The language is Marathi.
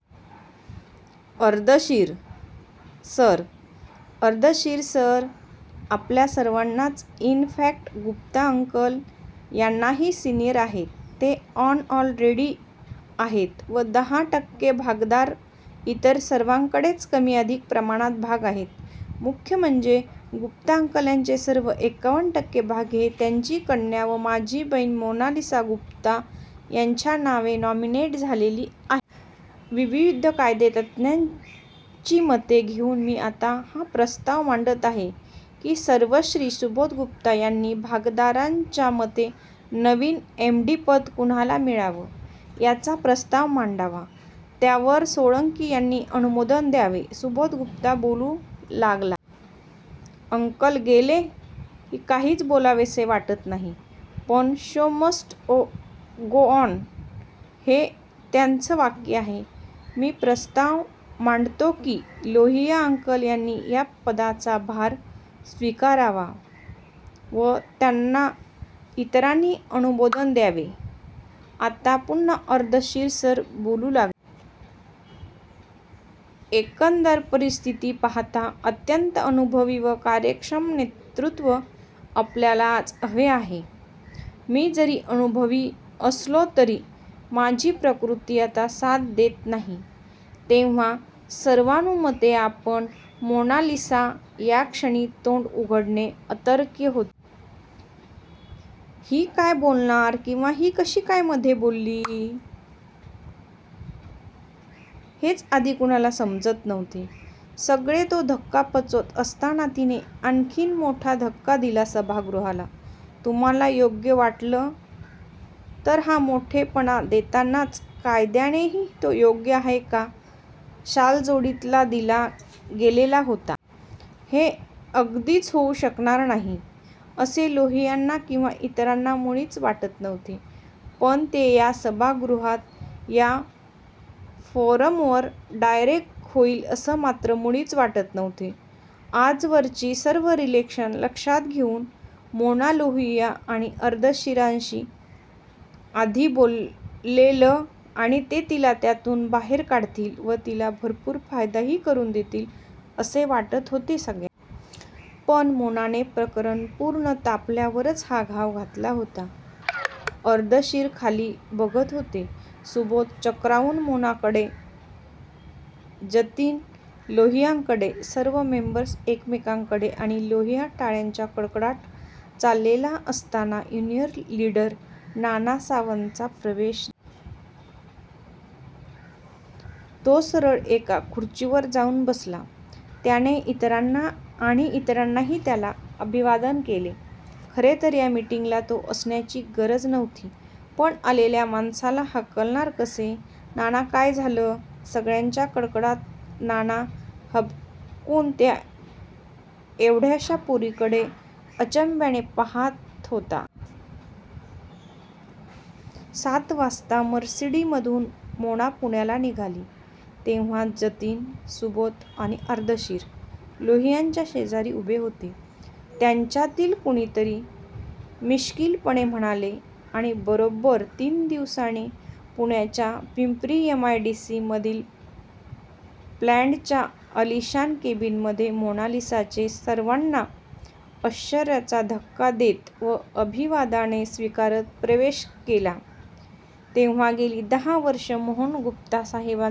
अर्देशीर सर! अर्देशीर सर आपल्या सर्वांनाच, इन फॅक्ट गुप्ता अंकल यांनाही सिनियर आहेत. ते ऑन रोल ई. डी. आहेत व दहा टक्के भागधारक! इतर सर्वांकडेच कमीअधिक प्रमाणात भाग आहेत. मुख्य म्हणजे, गुप्ता अंकल यांचे सर्व एक्कावन टक्के भाग हे त्यांची कन्या व माझी बहीण मोनालिसा गुप्ता यांच्या नावे नॉमिनेट झालेले आहेत। विविध कायदेतज्ञांची मते घेऊन मी आता हा प्रस्ताव मांडत आहे. की सर्वश्री सुबोध गुप्ता यांनी भागधारकांच्या मते नवीन एम. डी. पद कुणाला मिळावे याचा प्रस्ताव मांडावा. त्यावर सोळंकी यांनी अनुमोदन द्यावे. सुबोध गुप्ता बोलू लागला. " अंकल गेले.. काहीच बोलावेसे वाटत नाही. पण, शो मस्ट गो ऑन, हे त्यांचेच वाक्य आहे. मी प्रस्ताव मांडतो की.. लोहिया अंकल यांनी या पदाचा भार स्वीकारावा व त्यांना इतरांनी अनुमोदन द्यावे. " आता पुन्हा अर्देशीर सर बोलू लागले. "एकंदर परिस्थिती पाहता, अत्यंत अनुभवी व कार्यक्षम नेतृत्व आपल्याला आज हवे आहे.. मी जरी अनुभवी असलो तरी माझी प्रकृती आता साथ देत नाही. तेव्हा सर्वानुमते आपण " मोनालिसाने या क्षणी तोंड उघडणे अतर्क्य होते. ही काय बोलणार किंवा ही कशी काय मधे बोलली हेच आधी कुणाला समजत नव्हते. सगळे तो धक्का पचवत असतानाच तिने आणखीन मोठा धक्का दिला सभागृहाला. 'तुम्हाला योग्य वाटलं' तर हा मोठेपणा देतानाच 'कायद्यानेही तेच योग्य आहे' हा शालजोडीतलाही दिला गेलेला होता. 'हे' अगदीच होऊ शकणार नाही असे लोहियांना किंवा इतरांना मुळीच वाटत नव्हते. पण ते या सभागृहात, या फोरमवर डायरेक्ट होईल असे मात्र मुळीच वाटत नव्हते. आजवरची सर्व रिलेशन्स लक्षात घेऊन मोना लोहिया आणि अर्देशीर सरांशी आधी बोलेल आणि ते तिला त्यातून बाहेर काढतील व तिला भरपूर फायदाही करून देतील असे वाटत होते सगळ्यांना! पण! मोनाने प्रकरण पूर्ण तापल्यावरच हा घाव घातला होता. अर्देशीर खाली बघत होते. सुबोध चक्रावून मोनाकडे! जतीन लोहियांकडे सर्व मेंबर्स एकमेकांकडे ,आणि लोहिया टाळ्यांचा कडकडाट चाललेला असतानाच युनियन लीडर नाना सावंतचा प्रवेश झाला. तो सरळ एका खुर्चीवर जाऊन बसला. त्याने इतरांना आणि इतरांनीही त्याला अभिवादन केले. खरे तर या मीटिंगला तो असण्याची गरजच नव्हती. पण आलेल्या माणसाला हाकलणार कसे? नाना काय झालं काय? टाळ्यांचा कडकडाट? नाना हबकून त्या 'एवढ्याश्या' पोरीकडे अचंब्याने पाहात होता. सात वाजता मर्सिडिझमधून मोना पुण्याला निघाली तेव्हा जतीन, सुबोध आणि अर्देशीर लोहियांच्या शेजारी उभे होते. त्यांच्यातीलच कुणीतरी मिश्कीलपणे म्हणाले. आणि बरोब्बर तीन दिवसांनी पुण्याच्या Pimpri M I D C मधील प्लॅन्टच्या आलिशान केबीनमध्ये मोनालिसाने सर्वांना आश्चर्याचा धक्का देत व अभिवादने स्वीकारत प्रवेश केला तेव्हा गेली दहा वर्षे मोहन गुप्तासाहेबांचा.